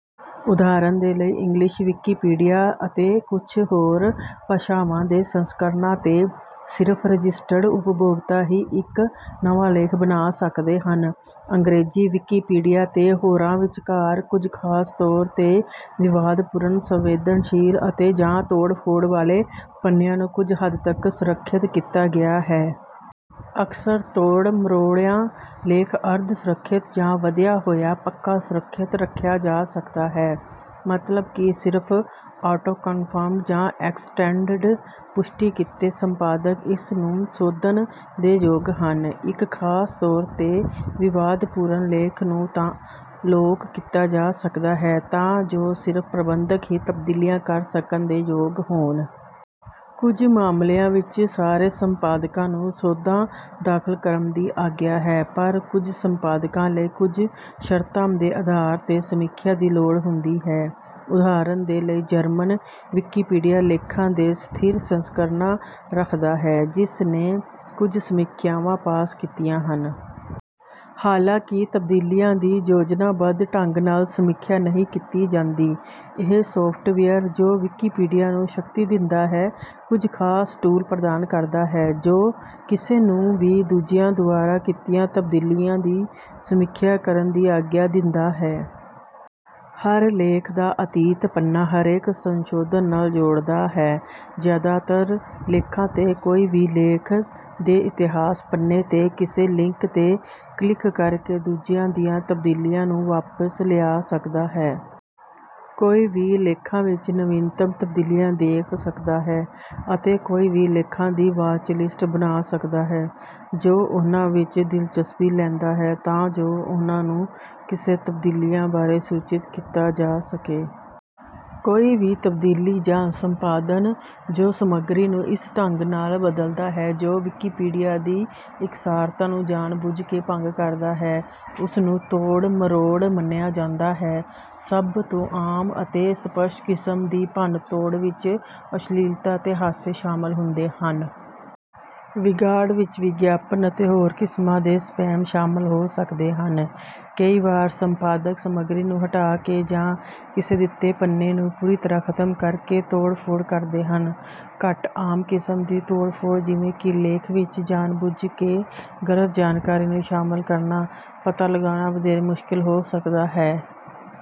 ਉਦਾਹਰਣ ਦੇ ਲਈ, ਇੰਗਲਿਸ਼ ਵਿਕੀਪੀਡੀਆ ਅਤੇ ਕੁਝ ਹੋਰ ਭਾਸ਼ਾਵਾਂ ਦੇ ਸੰਸਕਰਣਾਂ ਤੇ, ਸਿਰਫ ਰਜਿਸਟਰਡ ਉਪਭੋਗਤਾ ਹੀ ਇੱਕ ਨਵਾਂ ਲੇਖ ਬਣਾ ਸਕਦੇ ਹਨ। ਅੰਗ੍ਰੇਜ਼ੀ ਵਿਕੀਪੀਡੀਆ 'ਤੇ, ਹੋਰਾਂ ਵਿਚਕਾਰ, ਕੁਝ ਖਾਸ ਤੌਰ' ਤੇ ਵਿਵਾਦਪੂਰਨ, ਸੰਵੇਦਨਸ਼ੀਲ ਅਤੇ/ਜਾਂ ਤੋੜ-ਫੋੜ ਵਾਲੇ ਪੰਨਿਆਂ ਨੂੰ ਕੁਝ ਹੱਦ ਤਕ ਸੁਰੱਖਿਅਤ ਕੀਤਾ ਗਿਆ ਹੈ। ਅਕਸਰ ਤੋੜ-ਮਰੋੜਿਆ ਲੇਖ ਅਰਧ-ਸੁਰੱਖਿਅਤ ਜਾਂ ਵਧਿਆ ਹੋਇਆ ਪੱਕਾ ਸੁਰੱਖਿਅਤ ਰੱਖਿਆ ਜਾ ਸਕਦਾ ਹੈ, ਮਤਲਬ ਕਿ ਸਿਰਫ ਆਟੋਕਨਫਰਮਡ ਜਾਂ ਐਕਸਟੈਂਡਡ ਪੁਸ਼ਟੀ ਕੀਤੇ ਸੰਪਾਦਕ ਇਸ ਨੂੰ ਸੋਧਣ ਦੇ ਯੋਗ ਹਨ। ਇੱਕ ਖਾਸ ਤੌਰ 'ਤੇ ਵਿਵਾਦਪੂਰਨ ਲੇਖ ਨੂੰ ਲਾਕ ਕੀਤਾ ਜਾ ਸਕਦਾ ਹੈ ਤਾਂ ਜੋ ਸਿਰਫ ਪ੍ਰਬੰਧਕ ਹੀ ਤਬਦੀਲੀਆਂ ਕਰ ਸਕਣ ਦੇ ਯੋਗ ਹੋਣ। ਕੁਝ ਮਾਮਲਿਆਂ ਵਿੱਚ, ਸਾਰੇ ਸੰਪਾਦਕਾਂ ਨੂੰ ਸੋਧਾਂ ਦਾਖਲ ਕਰਨ ਦੀ ਆਗਿਆ ਹੈ, ਪਰ ਕੁਝ ਸੰਪਾਦਕਾਂ ਲਈ ਕੁਝ ਸ਼ਰਤਾਂ ਦੇ ਅਧਾਰ ਤੇ ਸਮੀਖਿਆ ਦੀ ਲੋੜ ਹੁੰਦੀ ਹੈ। ਉਦਾਹਰਣ ਦੇ ਲਈ, ਜਰਮਨ ਵਿਕੀਪੀਡੀਆ ਲੇਖਾਂ ਦੇ "ਸਥਿਰ ਸੰਸਕਰਣਾਂ" ਰੱਖਦਾ ਹੈ, ਜਿਸ ਨੇ ਕੁਝ ਸਮੀਖਿਆਵਾਂ ਪਾਸ ਕੀਤੀਆਂ ਹਨ। ਹਾਲਾਂਕਿ ਤਬਦੀਲੀਆਂ ਦੀ ਯੋਜਨਾਬੱਧ ਢੰਗ ਨਾਲ ਸਮੀਖਿਆ ਨਹੀਂ ਕੀਤੀ ਜਾਂਦੀ, ਇਹ ਸੌਫਟਵੇਅਰ ਜੋ ਵਿਕੀਪੀਡੀਆ ਨੂੰ ਸ਼ਕਤੀ ਦਿੰਦਾ ਹੈ ਕੁਝ ਖਾਸ ਟੂਲ ਪ੍ਰਦਾਨ ਕਰਦਾ ਹੈ ਜੋ ਕਿਸੇ ਨੂੰ ਵੀ ਦੂਜਿਆਂ ਦੁਆਰਾ ਕੀਤੀਆਂ ਤਬਦੀਲੀਆਂ ਦੀ ਸਮੀਖਿਆ ਕਰਨ ਦੀ ਆਗਿਆ ਦਿੰਦਾ ਹੈ। ਹਰ ਲੇਖ ਦਾ "ਅਤੀਤ" ਪੰਨਾ ਹਰੇਕ ਸੰਸ਼ੋਧਨ ਨਾਲ ਜੋੜਦਾ ਹੈ। ਜ਼ਿਆਦਾਤਰ ਲੇਖਾਂ 'ਤੇ, ਕੋਈ ਵੀ ਲੇਖ ਦੇ ਇਤਿਹਾਸ ਪੰਨੇ' ਤੇ ਕਿਸੇ ਲਿੰਕ ਤੇ ਕਲਿਕ ਕਰਕੇ ਦੂਜਿਆਂ ਦੀਆਂ ਤਬਦੀਲੀਆਂ ਨੂੰ ਵਾਪਸ ਲਿਆ ਸਕਦਾ ਹੈ। ਕੋਈ ਵੀ ਲੇਖਾਂ ਵਿਚ ਨਵੀਨਤਮ ਤਬਦੀਲੀਆਂ ਦੇਖ ਸਕਦਾ ਹੈ, ਅਤੇ ਕੋਈ ਵੀ ਲੇਖਾਂ ਦੀ "ਵਾਚਲਿਸਟ" ਬਣਾ ਸਕਦਾ ਹੈ ਜੋ ਉਨ੍ਹਾਂ ਵਿਚ ਦਿਲਚਸਪੀ ਲੈਂਦਾ ਹੈ ਤਾਂ ਜੋ ਉਨ੍ਹਾਂ ਨੂੰ ਕਿਸੇ ਤਬਦੀਲੀਆਂ ਬਾਰੇ ਸੂਚਿਤ ਕੀਤਾ ਜਾ ਸਕੇ। ਕੋਈ ਵੀ ਤਬਦੀਲੀ ਜਾਂ ਸੰਪਾਦਨ ਜੋ ਸਮੱਗਰੀ ਨੂੰ ਇਸ ਢੰਗ ਨਾਲ ਬਦਲਦਾ ਹੈ ਜੋ ਵਿਕੀਪੀਡੀਆ ਦੀ ਇਕਸਾਰਤਾ ਨੂੰ ਜਾਣਬੁੱਝ ਕੇ ਭੰਗ ਕਰਦਾ ਹੈ, ਉਸ ਨੂੰ ਤੋੜ-ਮਰੋੜ ਮੰਨਿਆ ਜਾਂਦਾ ਹੈ। ਸਭ ਤੋਂ ਆਮ ਅਤੇ ਸਪੱਸ਼ਟ ਕਿਸਮ ਦੀ ਭੰਨਤੋੜ ਵਿਚ ਅਸ਼ਲੀਲਤਾ ਅਤੇ ਹਾਸੇ ਸ਼ਾਮਲ ਹੁੰਦੇ ਹਨ। ਵਿਗਾੜ ਵਿੱਚ ਵਿਗਿਆਪਨ ਅਤੇ ਹੋਰ ਕਿਸਮਾਂ ਦੇ ਸਪੈਮ ਸ਼ਾਮਲ ਹੋ ਸਕਦੇ ਹਨ। ਕਈ ਵਾਰ ਸੰਪਾਦਕ ਸਮਗਰੀ ਨੂੰ ਹਟਾ ਕੇ ਜਾਂ ਕਿਸੇ ਦਿੱਤੇ ਪੰਨੇ ਨੂੰ ਪੂਰੀ ਤਰ੍ਹਾਂ ਖਤਮ ਕਰਕੇ ਤੋੜ-ਫੋੜ ਕਰਦੇ ਹਨ। ਘੱਟ ਆਮ ਕਿਸਮ ਦੀ ਤੋੜ-ਫੋੜ, ਜਿਵੇਂ ਕਿ ਲੇਖ ਵਿਚ ਜਾਣਬੁੱਝ ਕੇ ਗਲਤ ਜਾਣਕਾਰੀ ਨੂੰ ਸ਼ਾਮਲ ਕਰਨਾ, ਪਤਾ ਲਗਾਉਣਾ ਵਧੇਰੇ ਮੁਸ਼ਕਲ ਹੋ ਸਕਦਾ ਹੈ।